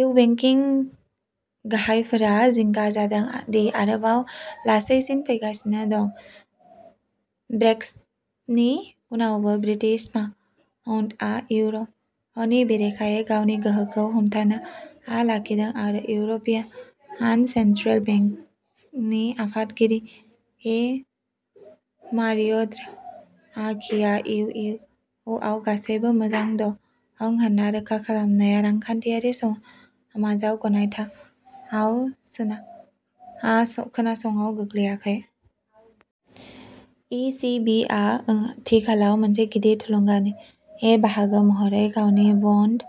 U बेंकिं गाहायफोरा जिंगा जादों दि आरोबाव लासैसिन फैगासिनो दं। ब्रेक्सिटनि उनावबो ब्रिटिश पाउन्दआ इउर'नि बेरेखायै गावनि गोहोखौ हमथाना लाखिदों आरो इउर'पियान सेन्ट्रेल बेंकनि आफादगिरि मारिय'द्राघिआ इउ इउ आव गासैबो मोजां दं होन्ना रोखा खालामनाया रांखान्थियारि समाजाव गनायथाव खोनासङाव गोग्लैयाखै। इ सि बि आ आथिखालाव मोनसे गिदिर थुलुंगानि बाहागो महरै गावनि बन्ड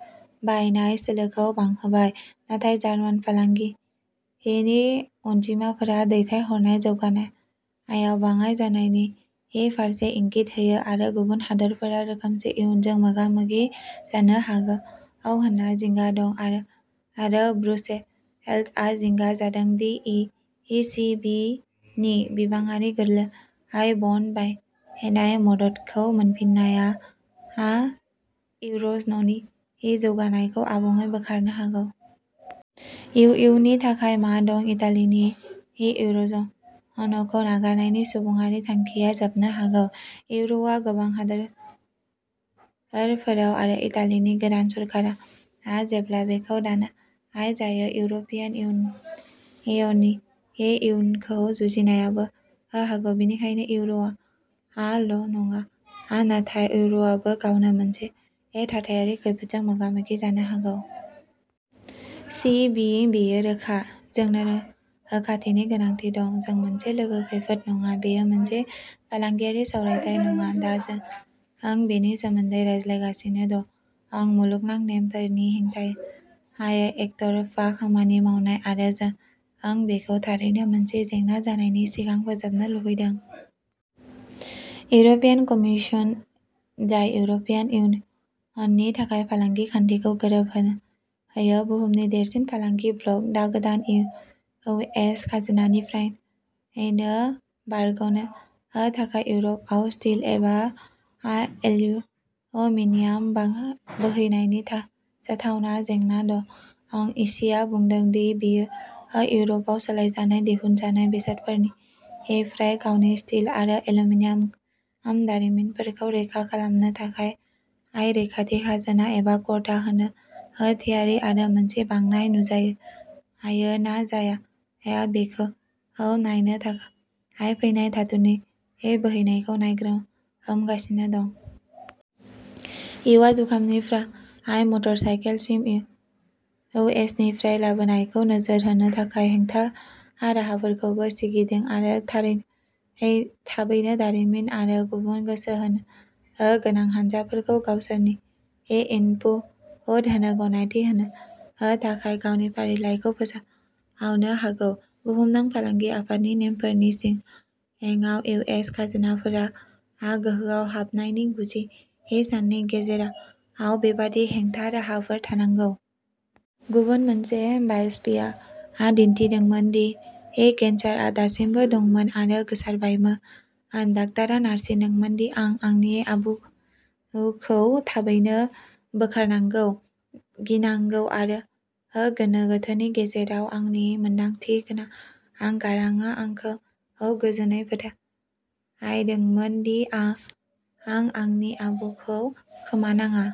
बायनाय सोलोखौ बांहोबाय। नाथाय जार्मान फालांगिनि अनजिमाफोरा दैथायहरनाय जौगानायाव बाङाइ जानायनि फारसे इंगित होयो आरो गुबुन हादोरफोरा रोखोमसे इयुनजों मोगा मोगि जानो हागौ होनना जिंगा दं आरो ब्रुसेल्सआ जिंगा जादों दि इ सि बि नि बिबांआरि गोरलै बन्ड बायनाय मददखौ मोनफिननाया इउरज'ननि जौगानायखौ आबुङै बोखारनो हागौ। इउ इउ नि थाखाय मा दं इटालिनि इउरज'नखौ नागारनायनि सुबुंआरि थांखिया जोबनो हागौ। इउर'आ गोबां हादोरफोराव आरो इटालिनि गोदान सोरखारा जेब्ला बेखौ दानाय जायो इउर'पियान इउनियननि इयुनखौ जुजिनायावबो हागौ। बेनिखायनो इउर'आ ल'नङा नाथाय इउर'आबो गावनो मोनसे थाथायारि खैफोदजों मोगा मोगि जानो हागौ। सि बि बेयो रोखा। जोंनो रोखाथिनि गोनांथि दं। जों मोनसे लोगो खैफोद नङा। बेयो मोनसे फालांगियारि सावरायथाय नङा। दा जों बेनि सोमोन्दै रायज्लांगासिनो दं। मुलुगनां नेमफोरनि हेंथायै एकतरफा खामानि मावनाय आरो जों बेखौ थारैनो मोनसे जेंना जानायनि सिगां फोजोबनो लुबैदों। इउर'पियान कमिसन जाय इउर'पियान इउनियननि थाखाय फालांगि खान्थिखौ गोरोबहोयो बुहुमनि देरसिन फालांगि ब्लक। दा गोदान इउएस खाजोनाफोरनिफ्राय बारगनो थाखाय इउर'पआव स्टिल आरो एल्युमिनियाम बोहैनायनि जाथावना जेंना दं। इसिआ बुंदों दि बियो इउर'पआव सोलायजानाय दिहुनजानाय बेसादफोरनिफ्राय गावनि स्टिल आरो एल्युमिनियाम दारिमिनफोरखौ रैखा खालामनो थाखाय रैखाथि खाजोना एबा कोटा होनो थियारि आरो मोनसे बांनाय नुजायो ना जाया बेखौ नायनो थाखाय फैनाय धातुनि बोहैनायखौ नायग्रोमगासिनो दं। इउआ जुखामनिफ्राय मटरसाइकेलसिम इउएसनिफ्राय लाबोनायफोरखौ नोजोर होनो थाखाय हेंथा-राहाफोरखौबो सिगिदों आरो थाबैनो दारिमिन आरो गुबुन गोसो गोनां हानजाफोरखौ गावसोरनि इनपुट होनो गनायथि होनो थाखाय गावनि फारिलाइखौ फोसावनो हागौ। बुहुमनां फालांगि आफादनि नेमफोरनि सिङाव इउएस खाजोनाफोरा गोहोआव हाबनायनि गुजि साननि गेजेराव बेबादि हेंथा राहाफोर थानांगौ। गुबुन मोनसे बाय'प्सीआ दिन्थिदोंमोन दि केन्सारआ दासिमबो दंमोन आरो गोसारबायमोन। डाक्टरा नारसिनदोंमोन दि आं आंनि आबुखौ थाबैनो बोखारनांगौ। गिनांगौ आरो गोनो गोथोनि गेजेराव आंनि मोनदांथि गोनां गारांआ आंखौ गोजोनै फोथायहोदोंमोन दि आं आंनि आबुखौ खोमानाङा।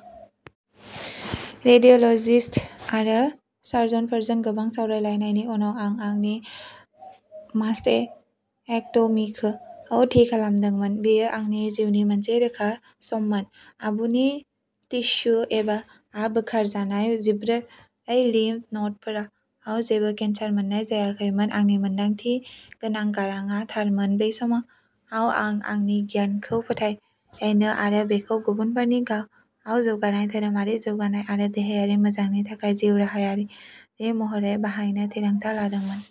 रेडिय'ल'जिस्ट आरो सार्जनफोरजों गोबां सावरायनायनि उनाव आं आंनि मास्टेक्ट'मीखौ थि खालामदोंमोन। बेयो आंनि जिउनि मोनसे रोखा सममोन। आबुनि टिस्यु एबा बोखारजानाय जिब्रै लिम्फ न'डफोराव जेबो केन्सार मोन्नाय जायाखैमोन। आंनि मोनदांथि गोनां गारांआ थारमोन बै समाव आं आंनि गियान खौ फोथायनो आरो बेखौ गुबुनफोरनि गाव जौगानाय धोरोमारि जौगानाय आरो देहायारि मोजांनि थाखाय जिउराहायारि महरै बाहायनो थिरांथा लादोंमोन।